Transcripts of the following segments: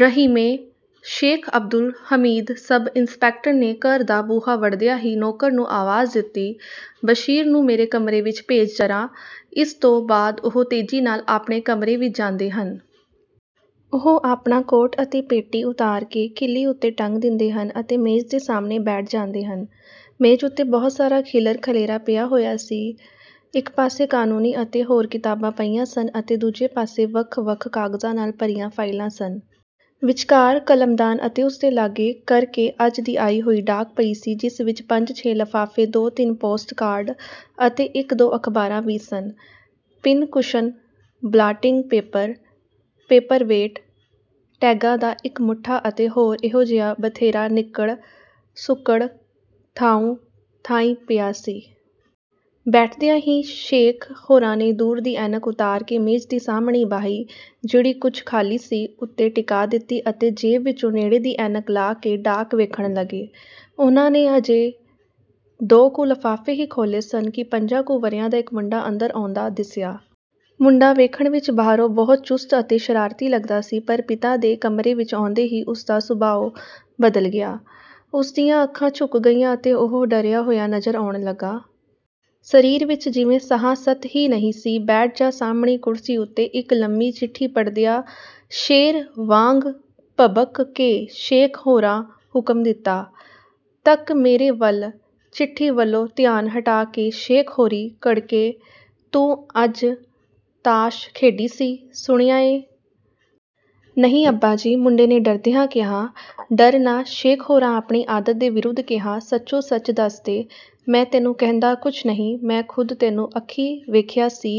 ਰਹੀਮੇ! Sheikh Abdul Hamid sub inspector ਨੇ ਘਰ ਦਾ ਬੂਹਾ ਵੜਦਿਆਂ ਹੀ ਨੌਕਰ ਨੂੰ ਆਵਾਜ਼ ਦਿੱਤੀ, "ਬਸ਼ੀਰ ਨੂੰ ਮੇਰੇ ਕਮਰੇ ਵਿਚ ਭੇਜ ਜ਼ਰਾ"। ਇਸ ਤੋਂ ਬਾਅਦ ਉਹ ਤੇਜ਼ੀ ਨਾਲ ਆਪਣੇ ਕਮਰੇ ਵਿੱਚ ਜਾਂਦੇ ਹਨ। ਉਹ ਆਪਣਾ ਕੋਟ ਅਤੇ ਪੇਟੀ ਉਤਾਰ ਕੇ ਕਿੱਲੀ ਉੱਤੇ ਟੰਗ ਦਿੰਦੇ ਹਨ ਅਤੇ ਮੇਜ਼ ਦੇ ਸਾਹਮਣੇ ਬੈਠ ਜਾਂਦੇ ਹਨ। ਮੇਜ਼ ਉੱਤੇ ਬਹੁਤ ਸਾਰਾ ਖਿੱਲਰ-ਖਲੇਰਾ ਪਿਆ ਹੋਇਆ ਸੀ। ਇੱਕ ਪਾਸੇ ਕਾਨੂੰਨੀ ਅਤੇ ਹੋਰ ਕਿਤਾਬਾਂ ਪਈਆਂ ਸਨ ਅਤੇ ਦੂਜੇ ਪਾਸੇ ਵੱਖ-ਵੱਖ ਕਾਗਜ਼ਾਂ ਨਾਲ ਭਰੀਆਂ ਫ਼ਾਈਲਾਂ ਸਨ। ਵਿਚਕਾਰ ਕਲਮਦਾਨ ਅਤੇ ਉਸ ਦੇ ਲਾਗੇ ਕਰ ਕੇ ਅੱਜ ਦੀ ਆਈ ਹੋਈ ਡਾਕ ਪਈ ਸੀ, ਜਿਸ ਵਿਚ ਪੰਜ-ਛੇ ਲਫ਼ਾਫ਼ੇ, ਦੋ-ਤਿੰਨ ਪੋਸਟ ਕਾਰਡ ਅਤੇ ਇੱਕ-ਦੋ ਅਖ਼ਬਾਰਾਂ ਵੀ ਸਨ। ਪਿੰਨ-ਕੁਸ਼ਨ, ਬਲਾਟਿੰਗ ਪੇਪਰ, ਪੇਪਰ-ਵੇਟ, ਟੈਗਾਂ ਦਾ ਇੱਕ ਮੁੱਠਾ ਅਤੇ ਹੋਰ ਇਹੋ ਜਿਹਾ ਬਥੇਰਾ ਨਿੱਕੜ-ਸੁੱਕੜ ਥਾਉਂ-ਥਾਈਂ ਪਿਆ ਸੀ। ਬੈਠਦਿਆਂ ਹੀ ਸ਼ੇਖ਼ ਹੋਰਾਂ ਨੇ ਦੂਰ ਦੀ ਐਨਕ ਉਤਾਰ ਕੇ ਮੇਜ਼ ਦੀ ਸਾਹਮਣੀ ਬਾਹੀ, ਜਿਹੜੀ ਕੁਝ ਖਾਲੀ ਸੀ, ਉੱਤੇ ਟਿਕਾ ਦਿੱਤੀ ਅਤੇ ਜੇਬ ਵਿਚੋਂ ਨੇੜੇ ਦੀ ਐਨਕ ਲਾ ਕੇ ਡਾਕ ਵੇਖਣ ਲੱਗੇ। ਉਨ੍ਹਾਂ ਨੇ ਅਜੇ ਦੋ ਕੁ ਲਫ਼ਾਫ਼ੇ ਹੀ ਖੋਲ੍ਹੇ ਸਨ ਕਿ ਪੰਜਾਂ ਕੁ ਵਰ੍ਹਿਆਂ ਦਾ ਇਕ ਮੁੰਡਾ ਅੰਦਰ ਆਉਂਦਾ ਦਿੱਸਿਆ। ਮੁੰਡਾ ਵੇਖਣ ਵਿੱਚ ਬਾਹਰੋਂ ਬਹੁਤ ਚੁਸਤ ਅਤੇ ਸ਼ਰਾਰਤੀ ਲੱਗਦਾ ਸੀ, ਪਰ ਪਿਤਾ ਦੇ ਕਮਰੇ ਵਿੱਚ ਆਉਂਦੇ ਹੀ ਉਸ ਦਾ ਸੁਭਾਉ ਬਦਲ ਗਿਆ। ਉਸ ਦੀਆਂ ਅੱਖਾਂ ਝੁਕ ਗਈਆਂ ਅਤੇ ਉਹ ਡਰਿਆ ਹੋਇਆ ਨਜ਼ਰ ਆਉਣ ਲੱਗਾ। ਸਰੀਰ ਵਿੱਚ ਜਿਵੇਂ ਸਾਹ-ਸਤ ਹੀ ਨਹੀਂ ਸੀ। "ਬੈਠ ਜਾ ਸਾਹਮਣੀ ਕੁਰਸੀ ਉੱਤੇ", ਇਕ ਲੰਮੀ ਚਿੱਠੀ ਪੜ੍ਹਦਿਆਂ ਸ਼ੇਰ ਵਾਂਗ ਭਬਕ ਕੇ ਸ਼ੇਖ਼ ਹੋਰਾਂ ਹੁਕਮ ਦਿੱਤਾ। "ਤੱਕ ਮੇਰੇ ਵੱਲ", ਚਿੱਠੀ ਵੱਲੋਂ ਧਿਆਨ ਹਟਾ ਕੇ ਸ਼ੇਖ਼ ਹੋਰੀਂ ਕੜਕੇ, ਤੂੰ ਅੱਜ ਤਾਸ਼ ਖੇਡੀ ਸੀ, ਸੁਣਿਆ ਏ? " "ਨਹੀਂ ਅੱਬਾ ਜੀ", ਮੁੰਡੇ ਨੇ ਡਰਦਿਆਂ ਕਿਹਾ। "ਡਰ ਨਾ", ਸ਼ੇਖ਼ ਹੋਰਾਂ ਆਪਣੀ ਆਦਤ ਦੇ ਵਿਰੁੱਧ ਕਿਹਾ, "ਸੱਚੋ-ਸੱਚ ਦੱਸ ਦੇ, ਮੈਂ ਤੈਨੂੰ ਕਹਿੰਦਾ ਕੁਝ ਨਹੀਂ। ਮੈਂ ਖ਼ੁਦ ਤੈਨੂੰ ਅੱਖੀਂ ਵੇਖਿਆ ਸੀ,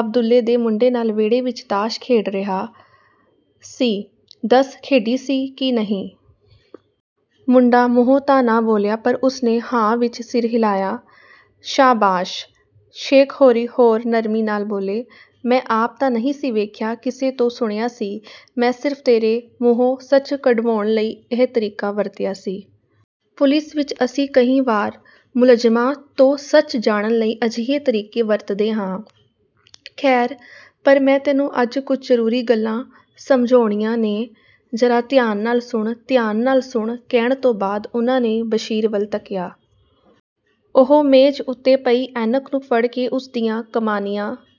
ਅਬਦੁਲੇ ਦੇ ਮੁੰਡੇ ਨਾਲ ਵਿਹੜੇ ਵਿੱਚ ਤਾਸ਼ ਖੇਡ ਰਿਹਾ ,ਸੀ ਦੱਸ ਖੇਡੀ ਸੀ ਕਿ ਨਹੀਂ? " ਮੁੰਡਾ ਮੂੰਹੋਂ ਤਾਂ ਨਾ ਬੋਲਿਆ ਪਰ ਉਸ ਨੇ "ਹਾਂ" ਵਿੱਚ ਸਿਰ ਹਿਲਾਇਆ। "ਸ਼ਾਬਾਸ਼! " ਸ਼ੇਖ਼ ਹੋਰੀਂ ਹੋਰ ਨਰਮੀ ਨਾਲ ਬੋਲੇ, "ਮੈਂ ਆਪ ਤਾਂ ਨਹੀਂ ਸੀ ਵੇਖਿਆ, ਕਿਸੇ ਤੋਂ ਸੁਣਿਆ ਸੀ। ਮੈਂ ਸਿਰਫ਼ ਤੇਰੇ ਮੂੰਹੋਂ ਸੱਚ ਕਢਵਾਉਣ ਲਈ ਇਹ ਤਰੀਕਾ ਵਰਤਿਆ ਸੀ। ਪੁਲਿਸ ਵਿੱਚ ਅਸੀਂ ਕਈ ਵਾਰ ਮੁਲਜ਼ਮਾਂ ਤੋਂ ਸੱਚ ਜਾਣਨ ਲਈ ਅਜਿਹੇ ਤਰੀਕੇ ਵਰਤਦੇ ਹਾਂ। ਖੈਰ, ਪਰ ਮੈਂ ਤੈਨੂੰ ਅੱਜ ਕੁਝ ਜ਼ਰੂਰੀ ਗੱਲਾਂ ਸਮਝਾਉਣੀਆਂ ਨੇ, ਜ਼ਰਾ ਧਿਆਨ ਨਾਲ ਸੁਣ। "ਧਿਆਨ ਨਾਲ ਸੁਣ" ਕਹਿਣ ਤੋਂ ਬਾਅਦ ਉਨ੍ਹਾਂ ਨੇ ਬਸ਼ੀਰ ਵੱਲ ਤੱਕਿਆ। ਉਹ ਮੇਜ਼ ਉੱਤੇ ਪਈ ਐਨਕ ਨੂੰ ਫੜ ਕੇ ਉਸ ਦੀਆਂ ਕਮਾਨੀਆਂ